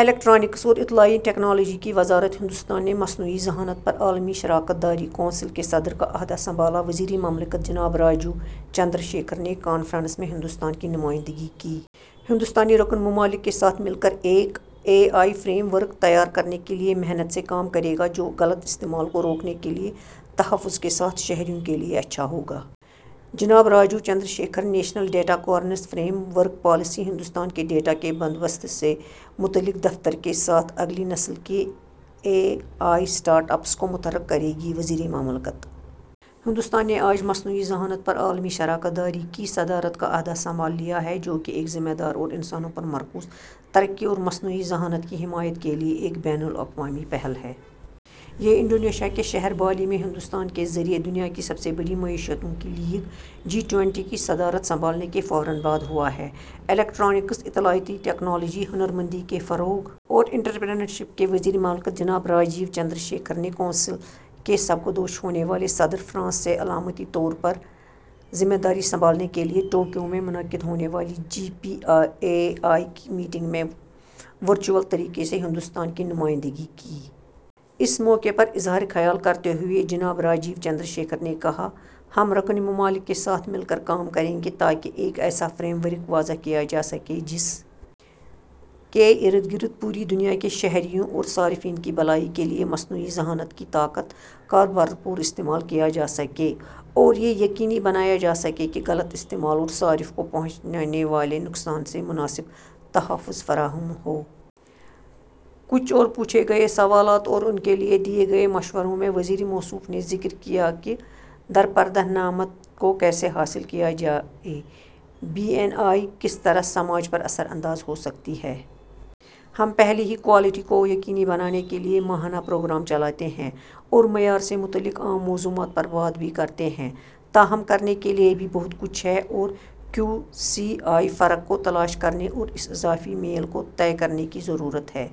Electronics اور اطلاعاتی technology کی وزارت ہندوستان نے مصنوعی ذہانت پر عالمی شراکت داری کونسل کے صدر کا عہدہ سنبھالا۔ وزیر مملکت جناب راجیو چندر شیکھر نے کانفرنس میں ہندوستان کی نمائندگی کی۔ ’’ہندوستان رکن ممالک کے ساتھ مل کر ایک اے آئی فریم ورک تیار کرنے کے لیے محنت سے کام کرے گا جو غلط استعمال کو روکنے کے لیے تحفظ کے ساتھ شہریوں کے لیے اچھا ہوگا۔‘‘ جناب Rajiv Chandra Shekhar. National data governance framework policy Hindustan کے ڈیٹا کے بندوبست سے متعلق دفتر کے ساتھ اگلی نسل کے اے آئی اسٹارٹ اپس کو متحرک کرے گی: وزیر مملکت۔ ہندوستان نے آج مصنوعی ذہانت پر عالمی شراکت داری کی صدارت کا عہدہ سنبھال لیا ہے، جو کہ ایک ذمہ دار اور انسانوں پر مرکوز ترقی اور مصنوعی ذہانت کی حمایت کے لیے ایک بین الاقوامی پہل ہے۔ یہ انڈونیشیا کے شہر بالی میں ہندوستان کے ذریعے دنیا کی سب سے بڑی معیشتوں کی لیگ، جی ٹوئنٹی کی صدارت سنبھالنے کے فوراً بعد ہوا ہے۔ الیکٹرانکس، اطلاعاتی ٹیکنالوجی، ہنرمندی کے فروغ اور انٹرپرینیورشپ کے وزیر مملکت جناب راجیو چندر شیکھر نے کونسل کے سبکدوش ہونے والے صدر فرانس سے علامتی طور پر ذمہ داری سنبھالنے کے لیے ٹوکیو میں منعقد ہونے والی جی پی اے آئی کی میٹنگ میں ورچوئل طریقے سے ہندوستان کی نمائندگی کی۔ اس موقع پر اظہار خیال کرتے ہوئے، جناب راجیو چندر شیکھر نے کہا، ’’ہم رکن ممالک کے ساتھ مل کر کام کریں گے تاکہ ایک ایسا فریم ورک وضع کیا جا سکے جس کے اردگرد پوری دنیا کے شہریوں اور صارفین کی بھلائی کے لیے مصنوعی ذہانت کی طاقت کا بھرپور استعمال کیا جا سکے اور یہ یقینی بنایا جا سکے کہ غلط استعمال اور صارف کو پہنچنے والے نقصان سے مناسب تحفظ فراہم ہو۔‘‘ کچھ اور پوچھے گئے سوالات اور ان کے لیے دیے گئے مشوروں میں وزیر موصوف نے ذکر کیا کہ ’’درپردہ نعمت‘‘ کو کیسے حاصل کیا جائے، بی این آئی کس طرح سماج پر اثر انداز ہو سکتی ہے۔ ہم پہلے ہی کوالٹی کو یقینی بنانے کے لیے ماہانہ پروگرام چلاتے ہیں اور معیار سے متعلق عام موضوعات پر بات بھی کرتے ہیں۔ تاہم، کرنے کے لیے ابھی بہت کچھ ہے اور کیو سی آئی فرق کو تلاش کرنے اور اس اضافی میل کو طے کرنے کی ضرورت ہے۔